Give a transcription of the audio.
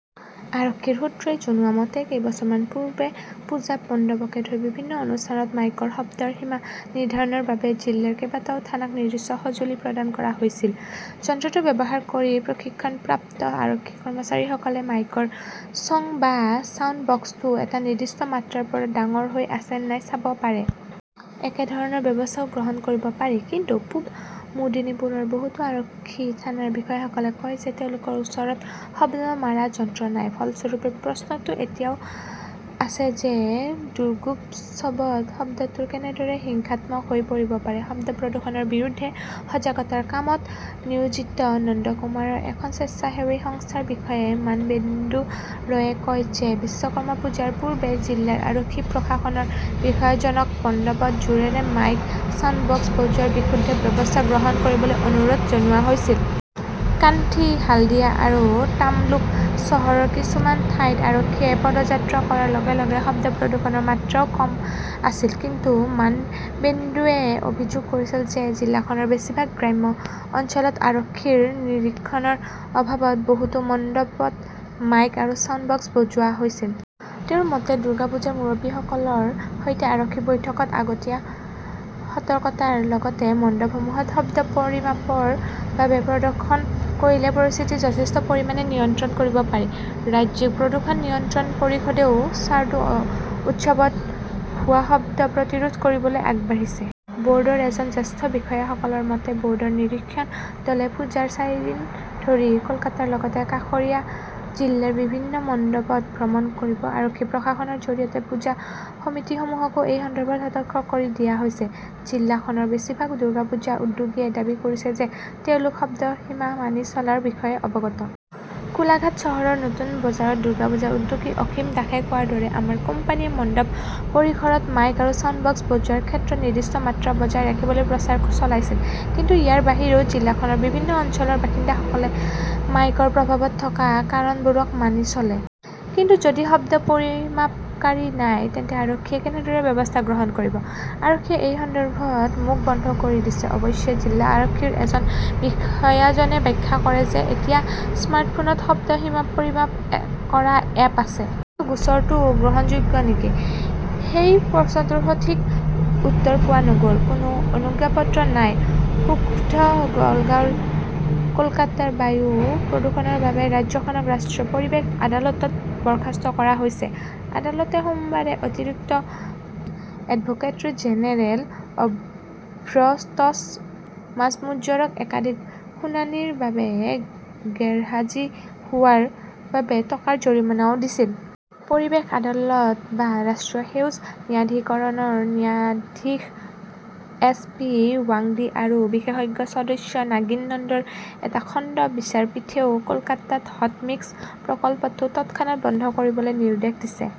আৰক্ষীৰ সূত্ৰই জনোৱা মতে, কেইবছৰমান পূৰ্বে পূজা মণ্ডপকে ধৰি বিভিন্ন অনুষ্ঠানত মাইকৰ শব্দৰ সীমা নিৰ্ধাৰণৰ বাবে জিলাৰ কেইবাটাও থানাক নিৰ্দিষ্ট সঁজুলি প্ৰদান কৰা হৈছিল। যন্ত্ৰটো ব্যৱহাৰ কৰি প্ৰশিক্ষণপ্ৰাপ্ত আৰক্ষী-কৰ্মচাৰীসকলে মাইকৰ চঙ বা ছাউণ্ড-বক্সটো এটা নিৰ্দিষ্ট মাত্ৰাৰ পৰা ডাঙৰ হৈ আছে নে নাই চাব পাৰে। একেধৰণৰ ব্যৱস্থাও গ্ৰহণ কৰিব পাৰি। কিন্তু পূব মেদিনীপুৰৰ বহুতো আৰক্ষী থানাৰ বিষয়াসকলে কয় যে, তেওঁলোকৰ ওচৰত শব্দ মাৰা যন্ত্ৰ নাই। ফলস্বৰূপে প্ৰশ্নটো এতিয়াও আছে যে, দুৰ্গোৎসৱত শব্দবোৰে কেনেদৰে হিংসাত্মক হৈ পৰিব পাৰে? শব্দ প্ৰদূষণৰ বিৰুদ্ধে সজাগতাৰ কামত নিয়োজিত নন্দকুমাৰৰ এখন স্বেচ্ছাসেৱী সংস্থাৰ বিষয়া মানবেন্দু ৰয়ে কয় যে, বিশ্বকৰ্মা পূজাৰ পূৰ্বে জিলাৰ আৰক্ষী-প্ৰশাসনৰ বিষয়াজনক মণ্ডপত জোৰেৰে মাইক, ছাউণ্ডবক্স বজোৱাৰ বিৰুদ্ধে ব্যৱস্থা গ্ৰহণ কৰিবলৈ অনুৰোধ জনোৱা হৈছিল। কান্থী, হালদিয়া আৰু তাম্লুক চহৰৰ কিছুমান ঠাইত আৰক্ষীয়ে পদযাত্ৰা কৰাৰ লগে লগে শব্দ প্ৰদূষণৰ মাত্ৰাও কম আছিল। কিন্তু মানবেন্দুৱে অভিযোগ কৰিছিল যে, জিলাখনৰ বেছিভাগ গ্ৰাম্য অঞ্চলত আৰক্ষীৰ নিৰীক্ষণৰ অভাৱত বহুতো মণ্ডপত মাইক আৰু ছাউণ্ড-বক্স বজোৱা হৈছিল। তেওঁৰ মতে, "দুৰ্গা পূজাৰ মুৰব্বীসকলৰ সৈতে আৰক্ষী-বৈঠকত আগতীয়া সতৰ্কতাৰ লগতে মণ্ডপসমূহত শব্দ পৰিমাপৰ বাবে পৰিদৰ্শন কৰিলে পৰিস্থিতি যথেষ্ট পৰিমাণে নিয়ন্ত্ৰণ কৰিব পাৰি"। ৰাজ্যিক প্ৰদূষণ নিয়ন্ত্ৰণ পৰিষদেও চাৰ্ডো উৎসৱত হোৱা শব্দ প্ৰতিৰোধ কৰিবলৈ আগবাঢ়িছে। বৰ্ডৰ এজন জ্যেষ্ঠ বিষয়াসকলৰ মতে, বৰ্ডৰ নিৰীক্ষণ দলে পূজাৰ চাৰিদিন ধৰি কলকাতাৰ লগতে কাষৰীয়া জিলাৰ বিভিন্ন মণ্ডপত ভ্ৰমণ কৰিব। আৰক্ষী-প্ৰশাসনৰ জৰিয়তে পূজা সমিতিসমূহকো এই সন্দৰ্ভত সতৰ্ক কৰি দিয়া হৈছে। জিলাখনৰ বেছিভাগ দুৰ্গা পূজা উদ্যোগীয়ে দাবী কৰিছে যে, তেওঁলোক শব্দৰ সীমা মানি চলাৰ বিষয়ে অৱগত। কোলাঘাট চহৰৰ নতুন বজাৰত দুৰ্গা পূজাৰ উদ্যোগী অসীম দাসে কোৱাৰ দৰে, "আমাৰ কোম্পানীয়ে মণ্ডপ পৰিসৰত মাইক আৰু ছাউণ্ড-বক্স বজোৱাৰ ক্ষেত্ৰত নিৰ্দিষ্ট মাত্ৰা বজাই ৰাখিবলৈ প্ৰচাৰ চলাইছিল"। কিন্তু ইয়াৰ বাহিৰেও, জিলাখনৰ বিভিন্ন অঞ্চলৰ বাসিন্দাসকলে মাইকৰ প্ৰভাৱত থকা কাৰণবোৰক মানি চলে। কিন্তু যদি শব্দ পৰিমাপকাৰী নাই, তেন্তে আৰক্ষীয়ে কেনেদৰে ব্যৱস্থা গ্ৰহণ কৰিব? আৰক্ষীয়ে এই সন্দৰ্ভত মুখ বন্ধ কৰি দিছে। অৱশ্যে, জিলা আৰক্ষীৰ এজন বিষয়াজনে ব্যাখ্যা কৰে যে, এতিয়া স্মাৰ্টফোনত শব্দ সীমা পৰিমাপ কৰা এপ আছে। কিন্তু গোচৰটো গ্ৰহণযোগ্য নেকি, সেই প্ৰশ্নটোৰ সঠিক উত্তৰ পোৱা নগল। কোনো অনুজ্ঞাপত্ৰ নাই, ক্ষুব্ধ দলগাঁও কলকাতাৰ বায়ু প্ৰদূষণৰ বাবে ৰাজ্যখনক ৰাষ্ট্ৰীয় পৰিৱেশ আদালতত বৰ্খাস্ত কৰা হৈছে। আদালতে সোমবাৰে অতিৰিক্ত এডভোকেট্ৰী জেনেৰেল অভ্ৰতছ মাজ্মুজ্জৰক একাধিক শুনানিৰ বাবে গেৰহাজী হোৱাৰ বাবে টকাৰ জৰিমনাও দিছিল। পৰিৱেশ আদালত বা ৰাষ্ট্ৰীয় সেউজ ন্যায়াধিকৰণৰ ন্যায়াধীশ এছ পি ৱাংদী আৰু বিশেষজ্ঞ সদস্য নাগিন নন্দৰ এটা খণ্ড বিচাৰপীঠেও কলকাতাত 'হট মিক্স "প্ৰকল্পটো তৎক্ষণাত বন্ধ কৰিবলৈ নিৰ্দেশ দিছে।